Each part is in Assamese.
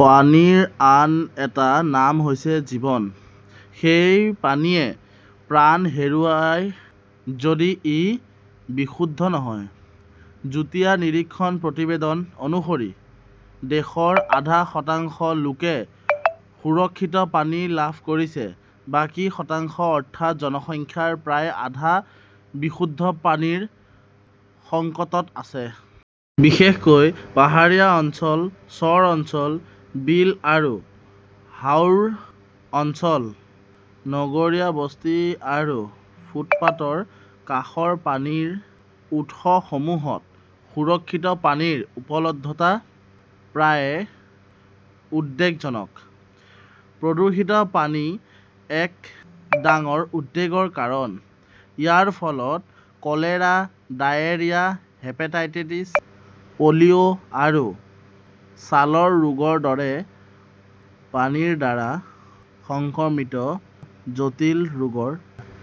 পানীৰ আন এটা নাম হৈছে জীৱন। সেই পানীয়ে প্ৰাণ হেৰুৱায়, যদি ই বিশুদ্ধ নহয়। যুটীয়া নিৰীক্ষণ প্ৰতিবেদন অনুসৰি, দেশৰ আধা শতাংশ লোকে সুৰক্ষিত পানী লাভ কৰিছে। বাকী শতাংশ, অৰ্থাৎ জনসংখ্যাৰ প্ৰায় আধা, বিশুদ্ধ পানীৰ সংকটত আছে। বিশেষকৈ পাহাৰীয়া অঞ্চল, চৰ অঞ্চল, বিল আৰু হাওৰ অঞ্চল, নগৰীয়া বস্তি আৰু ফুটপাতৰ কাষৰ পানীৰ উৎসসমূহত সুৰক্ষিত পানীৰ উপলব্ধতা প্ৰায়ে উদ্বেগজনক। প্ৰদূষিত পানী এক ডাঙৰ উদ্বেগৰ কাৰণ। ইয়াৰ ফলত কলেৰা, ডায়েৰিয়া, হেপাটাইটিছ, পলিঅ' আৰু ছালৰ ৰোগৰ দৰে পানীৰ দ্বাৰা সংক্ৰমিত জটিল ৰোগৰ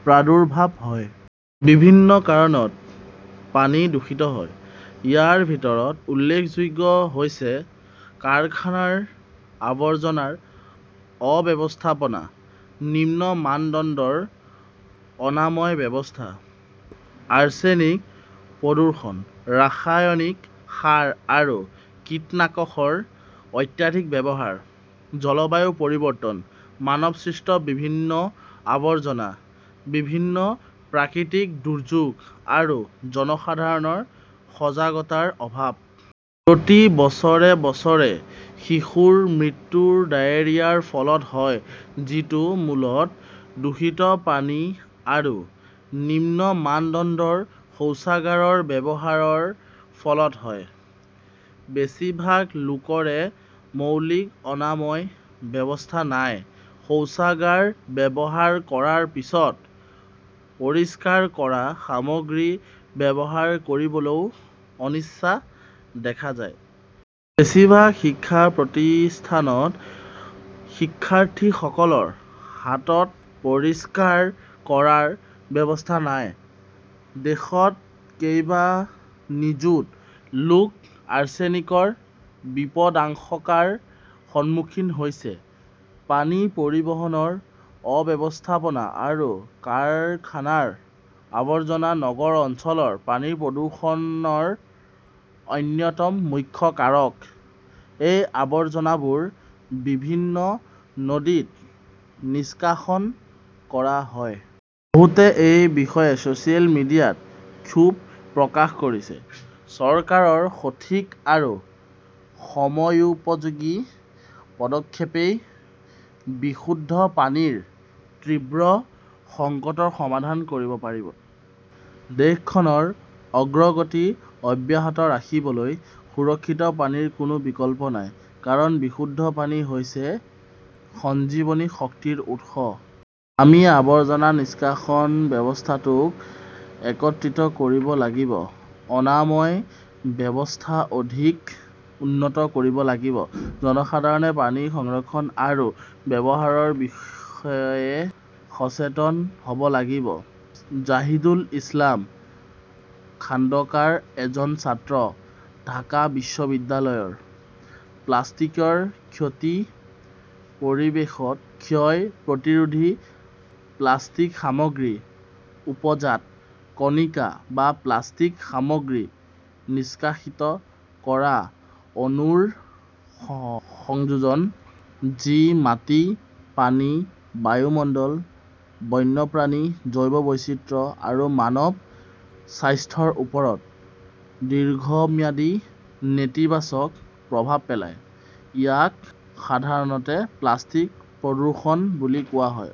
প্ৰাদুৰ্ভাৱ হয়। বিভিন্ন কাৰণত পানী দূষিত হয়। ইয়াৰ ভিতৰত উল্লেখযোগ্য হৈছে কাৰখানাৰ আৱৰ্জনাৰ অব্যৱস্থাপনা, নিম্ন মানদণ্ডৰ অনাময় ব্যৱস্থা, আৰ্ছেনিক প্ৰদূষণ, ৰাসায়নিক সাৰ আৰু কীটনাশকৰ অত্যাধিক ব্যৱহাৰ, জলবায়ু পৰিৱৰ্তন, মানৱসৃষ্ট বিভিন্ন আৱৰ্জনা, বিভিন্ন প্ৰাকৃতিক দুৰ্যোগ আৰু জনসাধাৰণৰ সজাগতাৰ অভাৱ। প্ৰতি বছৰে বছৰে শিশুৰ মৃত্যু ডায়েৰিয়াৰ ফলত হয়, যিটো মূলতঃ দূষিত পানী আৰু নিম্ন মানদণ্ডৰ শৌচাগাৰৰ ব্যৱহাৰৰ ফলত হয়। বেছিভাগ লোকৰে মৌলিক অনাময় ব্যৱস্থা নাই। শৌচাগাৰ ব্যৱহাৰ কৰাৰ পিছত পৰিষ্কাৰ কৰা সামগ্ৰী ব্যৱহাৰ কৰিবলৈও অনিচ্ছা দেখা যায়। বেছিভাগ শিক্ষা প্ৰতিষ্ঠানত শিক্ষাৰ্থীসকলৰ হাত পৰিষ্কাৰ কৰাৰ ব্যৱস্থা নাই। দেশত কেইবা নিযুত লোক আৰ্ছেনিকৰ বিপদাশংকাৰ সন্মুখীন হৈছে। পানী পৰিবহণৰ অব্যৱস্থাপনা আৰু কাৰখানাৰ আৱৰ্জনা নগৰ অঞ্চলৰ পানী প্ৰদূষণৰ অন্যতম মুখ্য কাৰক। এই আৱৰ্জনাবোৰ বিভিন্ন নদীত নিষ্কাশন কৰা হয়। বহুতে এই বিষয়ে ছ'চিয়েল মিডিয়াত ক্ষোভ প্ৰকাশ কৰিছে। চৰকাৰৰ সঠিক আৰু সময়োপযোগী পদক্ষেপই বিশুদ্ধ পানীৰ তীব্ৰ সংকটৰ সমাধান কৰিব পাৰে। দেশখনৰ অগ্ৰগতি অব্যাহত ৰাখিবলৈ সুৰক্ষিত পানীৰ কোনো বিকল্প নাই। কাৰণ বিশুদ্ধ পানী হৈছে সঞ্জীৱনী শক্তিৰ উৎস। আমি আৱৰ্জনা নিষ্কাশন ব্যৱস্থাটোক একত্ৰিত কৰিব লাগিব। অনাময় ব্যৱস্থা অধিক উন্নত কৰিব লাগিব। জনসাধাৰণে পানী সংৰক্ষণ আৰু ব্যৱহাৰৰ বিষয়ে সচেতন হ'ব লাগিব। জাহিদুল ইছলাম খাণ্ডকাৰ এজন ছাত্ৰ, ঢাকা বিশ্ববিদ্যালয়ৰ। প্লাষ্টিকৰ ক্ষতি পৰিৱেশত ক্ষয়-প্ৰতিৰোধী প্লাষ্টিক সামগ্ৰী, উপজাত, কণিকা বা প্লাষ্টিক সামগ্ৰী নিষ্কাশিত কৰা অণুৰ সংযোজন, যি মাটি, পানী, বায়ুমণ্ডল, বন্যপ্ৰাণী, জৈৱ বৈচিত্ৰ্য আৰু মানৱ স্বাস্থ্যৰ ওপৰত দীৰ্ঘম্যাদী নেতিবাচক প্ৰভাৱ পেলায়, ইয়াক সাধাৰণতে প্লাষ্টিক প্ৰদূষণ বুলি কোৱা হয়।